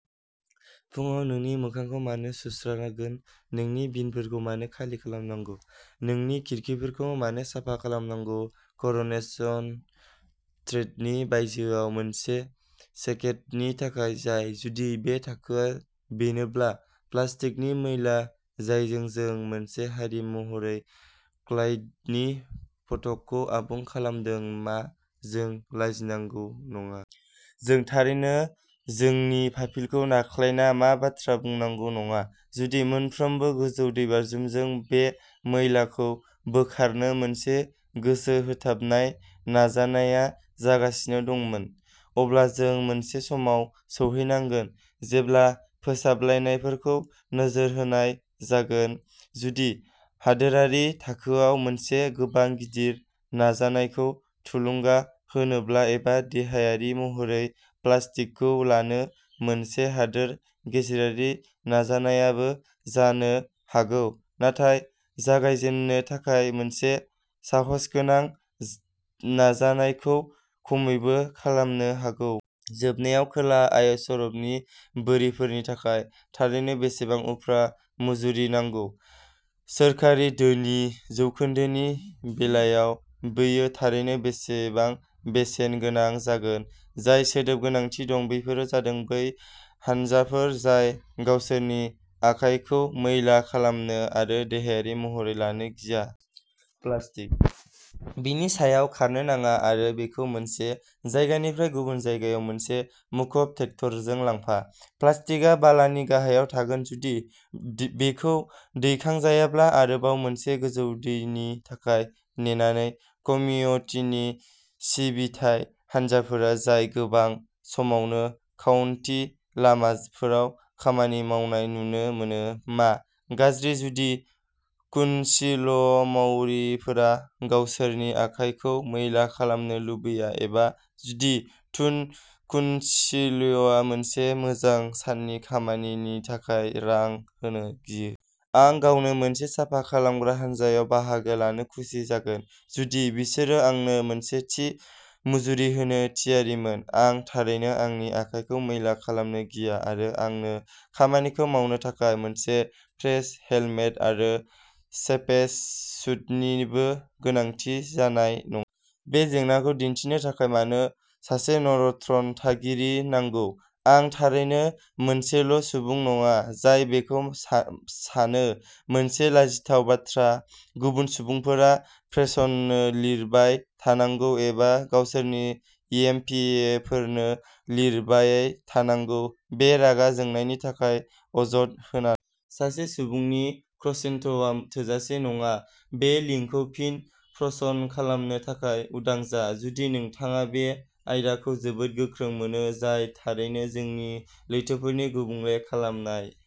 " फुंआव नोंनि मोखांखौ मानो सुस्रांगोन? नोंनि बिनफोरखौ मानो खालि खालामनांगौ? नोंनि खिरखिफोरखौ मानो साफा खालामनांगौ? कर'नेसन स्ट्रिटनि बायजोआव मोनसे सेकेन्डनि थाखाय नाय। जुदि बे थाखोआ बेनोब्ला। प्लास्टिकनि मैला जायजों जों मोनसे हारि महरै क्लाइडनि फर्थखौ आबुं खालामदों, मा जों लाजिनांगौ नङा? जों थारैनो जोंनि फाफ्लिखौ नारख्लायना "मा बाथ्रा" बुंनांगौ नङा। जुदि मोनफ्रोम गोजौ दैबाज्रुमजों बे मैलाखौ बोखारनो मोनसे गोसो होथाबनाय नाजानाय जागासिनो दंमोन, अब्ला जों मोनसे समाव सौहैनांगोन जेब्ला फोसाबनायफोरखौ नोजोर होनाय जागोन! जुदि हादोरारि थाखोआव मोनसे गोबां गिदिर नाजानायखौ थुलुंगा होनोब्ला, एबा देहायारि महरै "प्लास्टिकखौ लानो" मोनसे हादोर गेजेरारि नाजानायाबो जानो हागौ, नाथाय जागायजेननो थाखाय मोनसे साहसगोनां नाजानायखौ खमैबो खालामनो हागौ। जोबनायाव, खोला आयरशायरनि बोरिफोरनि थाखाय थारैनो बेसेबां उफ्रा मुजुरि नांगौ?? सोरखारि धोननि जौखोन्दोनि बेलायाव बेयो थारैनो बेसेबां बेसेन गोनां जागोन? जाय जोबोद गोनांथि दं बेफोर जादों बै हानजाफोर जाय गावसोरनि आखाइखौ मैला खालामनो आरो देहायारि महरै लानो गिया। प्लास्टिक। बेनि सायाव खारनो नाङा आरो बेखौ मोनसे जायगानिफ्राय गुबुन जायगायाव मोनसे मूर्ख ट्रेक्टरजों लांफा!! प्लास्टिकआ बालानि गाहायाव थागोन जुदि बेखौ दैखांजायाब्ला, आरोबाव मोनसे गोजौ दैनि थाखाय नेनानै। कमिउनिटि सिबिथाइ हानजाफोर जाय गोबां समावनो काउन्टी लामाफोराव खामानि मावनाय नुनो मोनो, मा गाज्रि, जुदि कुनसिल मावगिरिफोरा गावसोरनि आखाइखौ मैला खालामनो लुबैया, एबा जुदि टुन कुनसिलआ मोनसे मोजां साननि खामानिनि थाखाय रां होनो गियो? आं गावनो मोनसे साफा खालामग्रा हानजायाव बाहागो लानो खुसि जागोन जुदि बिसोरो आंनो मोनसे थि मुजुरि होनो थियारिमोन। आं थारैनो आंनि आखाइखौ मैला खालामनो गिया, आरो आंनो खामानिखौ मावनो थाखाय मोनसे क्रेश हेलमेट आरो स्पेस सुटनिबो गोनांथि जानाय नङा। बे जेंनाखौ दिन्थिनो थाखाय मानो सासे नन ट्र'न थागिरि नांगौ? आं थारैनो मोनसेल'सुबुं नङा जाय बेखौ सानो। मोनसे लाजिथाव बाथ्रा?? गुबुन सुबुंफोरा प्रेसनो लिरबाय थानांगौ एबा गावसोरनि एम. पि. फोरनो लिरबाय थानांगौ, बे रागा जोंनायनि थाखाय अजद होनानै। सासे सुबुंनि क्रुसेडआ थोजासे नङा। बे लिंकखौ फिन पस्ट खालामनो थाखाय उदां जा, जुदि नोंथाङा बे आयदाखौ जोबोद गोख्रों मोनो, जाय थारैनो जोंनि लैथोफोरनि गुबुंले खालामनाय।